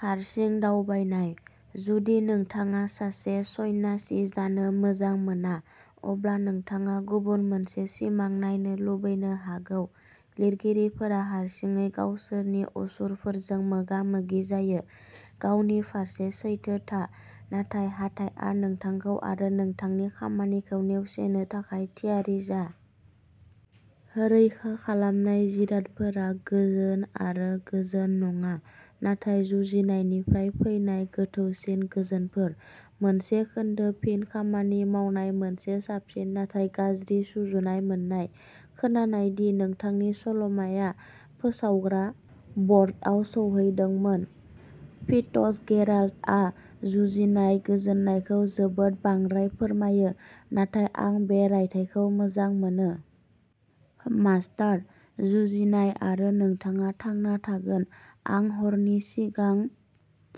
हारसिं दावबायनाय, जुदि नोंथाङा सासे सन्यासि जानो मोजां मोना, अब्ला नोंथाङा गुबुन मोनसे सिमां नायनो लुबैनो हागौ। लिरगिरिफोरा हारसिङै गावसोरनि असुरफोरजों मोगा-मोगि जायो। गावनि फारसे सैथो था, नाथाय हाथाइआ नोंथांखौ आरो नोंथांनि खामानिखौ नेवसिनो थाखाय थियारि जा। रैखा खालामनाय जिरादफोरा गोजोन आरो गोजोन नङा, नाथाय जुजिनायनिफ्राय फैनाय गोथौसिन गोजोनफोर। मोनसे खोन्दो फिन खामानि मावनाय मोनसे साबसिन नाथाय गाज्रि सुजुनाय मोन्नाय। खोनानाय दि नोंथांनि सल'माआ फोसावग्रा बर्डआव सौहैदोंमोन। फिट्जगेराल्डआ जुजिनाय गोजोननायखौ जोबोद बांद्राय फोरमायो, नाथाय आं बे रायथाइखौ मोजां मोनो। मास्टार "जुजिनाय", आरो नोंथाङा थांना थागोन। आं हरनि सिगां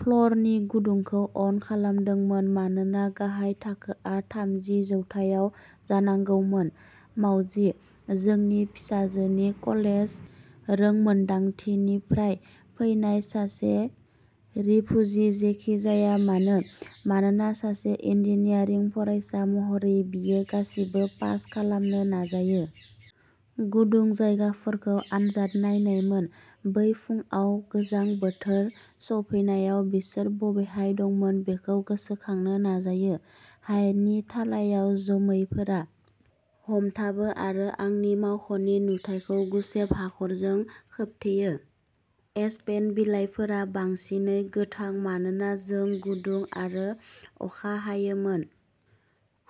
फ्ल'रनि गुदुंखौ अन खालामदोंमोन मानोना गाहाय थाखोआ थामजि जौथाइयाव जानांगौमोन। मावजि, जोंनि फिसाजोनि "कलेज रोंमोनदांथि" निफ्राय फैनाय सासे रिफुजि जेखि जाया मानो, मानोना सासे इन्जिनियारिं फरायसा महरै, बियो गासिबो पास खालामनो नाजायो। गुदुं जायगाफोरखौ आनजाद नायनायमोन। बै फुंआव गोजां बोथोर सौफैनायाव बिसोर बबेहाय दंमोन बेखौ गोसोखांनो नाजायो। हायेननि थालायाव जोमैफोरा हमथाबो आरो आंनि मावख'नि नुथाइखौ गुसेब हाखरजों खोबथेयो। एस्पेन बिलाइफोरा बांसिनै गोथां मानोना जों गुदुं आरो अखा हायोमोन,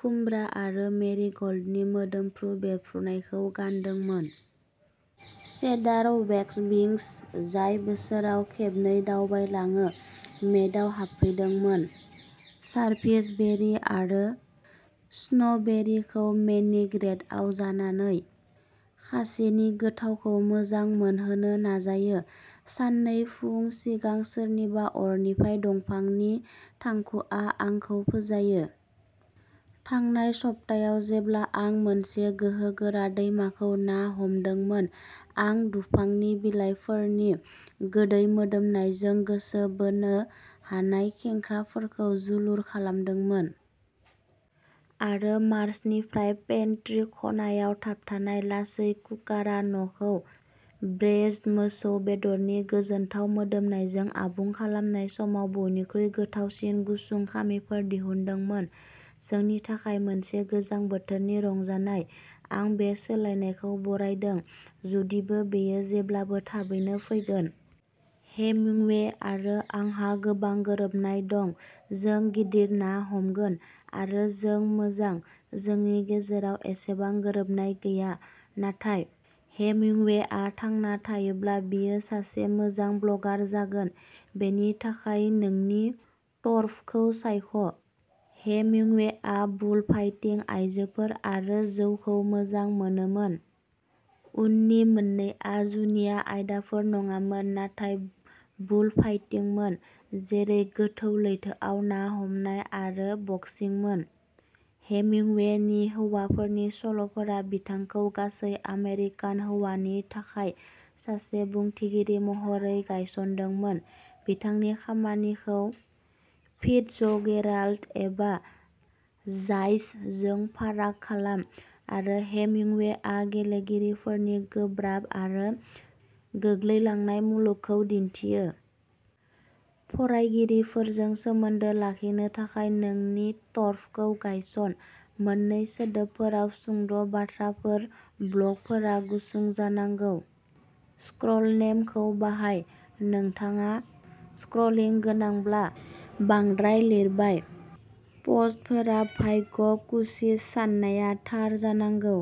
खुमब्रा आरो मेरिग'ल्डनि मोदोमफ्रु बेरफ्रुनायखौ गानदोंमोन। सेडार वैक्सविंग्स, जाय बोसोराव खेबनै दावबायलाङो, मेदाव हाबफैदोंमोन, सारभिसबेरी आरो स्नोबेरीखौ मेनिक रेटआव जानानै, खासेनि गोथावखौ मोजां मोनहोनो नाजायो। साननै फुं सिगां, सोरनिबा अरनिफ्राय दंफांनि थांखुआ आंखौ फोजायो। थांनाय सप्तायाव जेब्ला आं मोनसे गोहोगोरा दैमाखौ ना हमदोंमोन, आं दुफांनि बिलाइफोरनि गोदै मोदोमनायजों गोसो बोनो हानाय खेंख्राफोरखौ जुलुर खालामदोंमोन। आरो मार्चनिफ्राय पेन्ट्री खनायाव थाबथानाय लासै कुकारा न'खौ ब्रेइज्ड मोसौ बेदरनि गोजोनथाव मोदोमनायजों आबुं खालामनाय समाव बयनिख्रुइ गोथावसिन गुसुं खामिफोर दिहुनदोंमोन। जोंनि थाखाय मोनसे गोजां बोथोरनि रंजानाय। आं बे सोलायनायखौ बरायदों, जुदिबो बेयो जेब्लाबो थाबैनो फैगोन। हेमिंवे आरो आंहा गोबां गोरोबनाय दं, जों गिदिर ना हमगोन। आरो जों मोजां, जोंनि गेजेराव एसेबां गोरोबनाय गैया। नाथाय हेमिंवेआ थांना थायोब्ला, बियो सासे मोजां ब्लगार जागोन। बेनि थाखाय नोंनि टर्फखौ सायख'। हेमिंवेआ बुलफाइटिं, आयजोफोर आरो जौखौ मोजां मोनोमोन। उननि मोन्नैआ जुनिया आयदाफोर नङामोन, नाथाय बुलफाइटिंमोन। जेरै गोथौ लैथोआव ना हमनाय आरो बक्सिंमोन। हेमिंवेनि हौवाफोरनि सल'फोरा बिथांखौ गासै आमेरिकान हौवानि थाखाय सासे बुंथिगिरि महरै गायसनदोंमोन। बिथांनि खामानिखौ फिट्जगेराल्ड एबा जायस जों फाराग खालाम, आरो हेमिंवेआ गेलेगिरिफोरनि गोब्राब आरो गोग्लैलांनाय मुलुगखौ दिन्थियो। फरायगिरिफोरजों सोमोन्दो लाखिनो थाखाय नोंनि टर्फखौ गायसन। मोननै सोदोबफोराव सुंद' बाथ्राफोर, ब्लगफोरा गुसुं जानांगौ। "स्क्रल नेम" खौ बाहाय। नोंथाङा स्क्रलिं गोनांब्ला बांद्राय लिरबाय। पस्टफोरा भाग्य कुकिस, साननाया थार जानांगौ।